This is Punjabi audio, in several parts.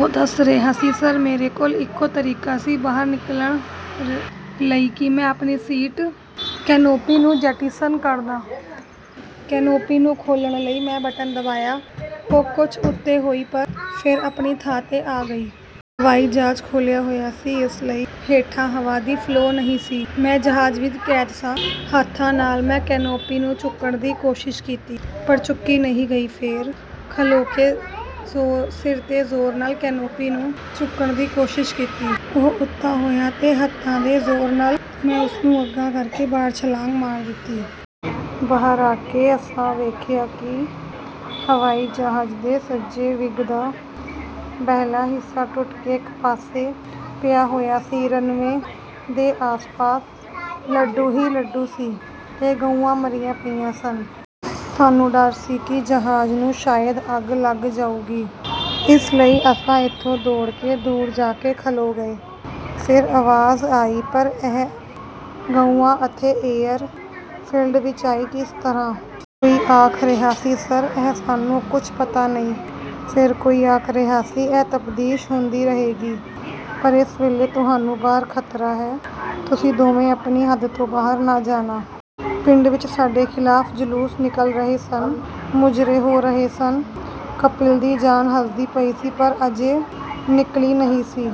ਉਹ ਦੱਸ ਰਿਹਾ ਸੀ "ਸਰ! ਮੇਰੇ ਕੋਲ ਇਕੋ ਤਰੀਕਾ ਸੀ ਬਾਹਰ ਨਿਕਲਣ ਲਈ ਕਿ ਮੈਂ ਆਪਣੀ ਸੀਟ ਕੈਨੋਪੀ ਨੂੰ ਜੈਟੀਸਨ ਕਰਦਾ। ਕੈਨੋਪੀ ਨੂੰ ਖੋਲ੍ਹਣ ਲਈ ਮੈਂ ਬਟਨ ਦਬਾਇਆ, ਉਹ ਕੁਝ ਉਤਾਂਹ ਹੋਈ ਪਰ ਫੇਰ ਆਪਣੀ ਥਾਂ ਤੇ ਆ ਗਈ। ਹਵਾਈ ਜਹਾਜ਼ ਖਲੋਤਾ ਹੋਇਆ ਸੀ, ਇਸ ਲਈ ਹੇਠਾਂ ਹਵਾ ਦਾ ਫਲੋਅ ਨਹੀਂ ਸੀ। ਮੈਂ ਜਹਾਜ਼ ਵਿਚ ਕੈਦ ਸਾਂ। ਹੱਥਾਂ ਨਾਲ ਮੈਂ ਕੈਨੋਪੀ ਨੂੰ ਚੁੱਕਣ ਦੀ ਕੋਸ਼ਿਸ਼ ਕੀਤੀ ਪਰ ਚੁੱਕੀ ਨਹੀਂ ਗਈ। ਫੇਰ ਮੈਂ ਖਲੋ ਕੇ ਸਿਰ ਦੇ ਜ਼ੋਰ ਨਾਲ ਕੈਨੋਪੀ ਨੂੰ ਚੁੱਕਣ ਦੀ ਕੋਸ਼ਿਸ਼ ਕੀਤੀ, ਉਹ ਉਤਾਂਹ ਹੋਈ ਤਾਂ ਹੱਥਾਂ ਦੇ ਜ਼ੋਰ ਨਾਲ, ਮੈਂ ਉਸ ਨੂੰ ਅਗਾਂਹ ਕਰਕੇ ਬਾਹਰ ਛਾਲ ਮਾਰ ਦਿੱਤੀ। ਬਾਹਰ ਆ ਕੇ ਅਸਾਂ ਵੇਖਿਆ ਕਿ ਹਵਾਈ ਜਹਾਜ਼ ਦੀ ਸੱਜੇ ਵਿੰਗ ਦਾ, ਬਾਹਰਲਾ ਹਿੱਸਾ ਟੁੱਟ ਕੇ, ਇਕ ਪਾਸੇ ਪਿਆ ਹੋਇਆ ਸੀ। ਰਨ ਵੇ ਦੇ ਆਲੇ-ਦੁਆਲੇ, ਲਹੂ ਹੀ ਲਹੂ ਸੀ, ਤੇ ਗਊਆਂ ਮਰੀਆਂ ਪਈਆਂ ਸਨ। ਸਾਨੂੰ ਡਰ ਸੀ ਕਿ ਜਹਾਜ਼ ਨੂੰ ਸ਼ਾਇਦ ਅੱਗ ਲੱਗ ਜਾਏਗੀ, ਇਸ ਲਈ ਅਸੀਂ ਇਥੋਂ ਦੌੜ ਕੇ ਦੂਰ ਜਾ ਕੇ ਖਲੋ ਗਏ।" ਫੇਰ ਆਵਾਜ਼ ਆਈ "ਪਰ ਇਹ ਗਊਆਂ ਏਥੇ ਏਅਰ ਫੀਲਡ ਵਿਚ ਆਈਆਂ ਕਿਸ ਤਰ੍ਹਾਂ?" ਕੋਈ ਆਖ ਰਿਹਾ ਸੀ "ਸਰ! ਇਹ ਸਾਨੂੰ ਕੁਝ ਪਤਾ ਨਹੀਂ।" ਫੇਰ ਕੋਈ ਆਖ ਰਿਹਾ ਸੀ "ਇਹ ਤਫਤੀਸ਼ ਹੁੰਦੀ ਰਹੇਗੀ ਪਰ ਐਸ ਵੇਲੇ ਤੁਹਾਨੂੰ ਬਾਹਰ ਖ਼ਤਰਾ ਹੈ। ਤੁਸੀਂ ਦੋਵੇਂ ਆਪਣੀ ਹੱਦ ਤੋਂ ਬਾਹਰ ਨਾ ਜਾਣਾ। ਪਿੰਡ ਵਿਚ ਸਾਡੇ ਖ਼ਿਲਾਫ ਜਲੂਸ ਨਿਕਲ ਰਹੇ ਹਨ, ਮੁਜ਼ਾਹਰੇ ਹੋ ਰਹੇ ਹਨ।" ਕਪਿਲਾ ਦੀ ਜਾਨ ਹਿਸਦੀ ਪਈ ਸੀ ਪਰ ਅਜੇ ਨਿਕਲੀ ਨਹੀਂ ਸੀ।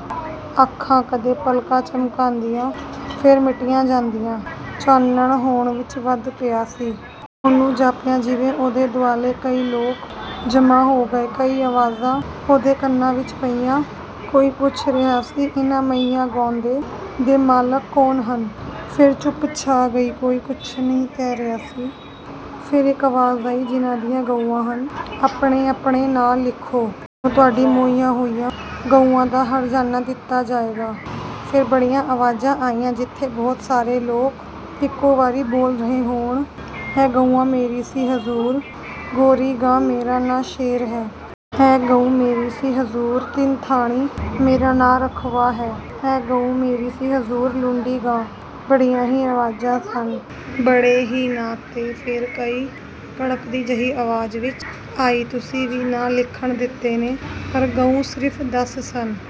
ਅੱਖਾਂ ਕਦੇ ਪਲ ਕੁ ਝਮਕਦੀਆਂ, ਫੇਰ ਮੀਟੀਆਂ ਜਾਂਦੀਆਂ। ਚਾਨਣ ਹਨੇਰੇ ਵਿਚ ਵਟਦਾ ਪਿਆ ਸੀ। ਉਹਨੂੰ ਜਾਪਿਆ ਜਿਵੇਂ ਉਹਦੇ ਦੁਆਲੇ ਕਈ ਲੋਕ ਜਮ੍ਹਾਂ ਹੋ ਗਏ। ਕਈ ਆਵਾਜ਼ਾਂ ਉਹਦੇ ਕੰਨਾਂ ਵਿਚ ਪਈਆਂ ਕੋਈ ਪੁੱਛ ਰਿਹਾ ਸੀ ਇਹਨਾਂ ਮੋਈਆਂ ਗਊਆਂ ਦੇ ਮਾਲਕ ਕੌਣ ਹਨ? ਫੇਰ ਚੁੱਪ ਛਾ ਗਈ। ਕੋਈ ਕੁਝ ਨਹੀਂ ਕਹਿ ਰਿਹਾ ਫੇਰ ਇਕ ਆਵਾਜ਼ ਆਈ ਜਿਨ੍ਹਾਂ ਦੀਆਂ ਗਊਆਂ ਹਨ, ਆਪਣੇ ਆਪਣੇ ਨਾਂ ਲਿਖਾਉ! ਤੂਹਾਨੂੰ ਤੁਹਾਡੀਆਂ ਮੋਈਆਂ ਹੋਈਆਂ ਗਊਆਂ ਦਾ ਹਰਜ਼ਾਨਾ ਦਿੱਤਾ ਜਾਏਗਾ।" ਫੇਰ ਬੜੀਆਂ ਆਵਾਜ਼ਾਂ ਆਈਆਂ। ਜਿਵੇਂ ਬਹੁਤ ਸਾਰੇ ਲੋਕ ਇਕੋ ਵਾਰੀ ਬੋਲ ਰਹੇ ਹੋਣ। "ਇਹ ਗਊ ਮੇਰੀ ਸੀ ਹਜ਼ੂਰ! ਗੋਰੀ ਗਾਂ, ਮੇਰਾ ਨਾਂ ਸ਼ੇਰਾ ਹੈ।" "ਇਹ ਗਊ ਮੇਰੀ ਸੀ ਹਜ਼ੂਰ! ਤਿੰਨ ਥਣੀ ਮੇਰਾ ਨਾਂ ਰੱਖਾ ਹੈ।" "ਇਹ ਗਊ ਮੇਰੀ ਸੀ ਹਜ਼ੂਰ! ਲੁੰਡੀ ਗਾਂ।" ਬੜੀਆਂ ਹੀ ਆਵਾਜ਼ਾਂ ਸਨ, ਬੜੇ ਹੀ ਨਾਂ, ਤੇ ਫੇਰ ਕੋਈ ਕੜਕਦੀ ਜਿਹੀ ਆਵਾਜ਼ ਆਈ "ਤੁਸਾਂ ਵੀਹ ਨਾਂ ਲਿਖਵਾ ਦਿੱਤੇ ਨੇ, ਪਰ ਗਊਆਂ ਸਿਰਫ ਦਸ ਸਨ।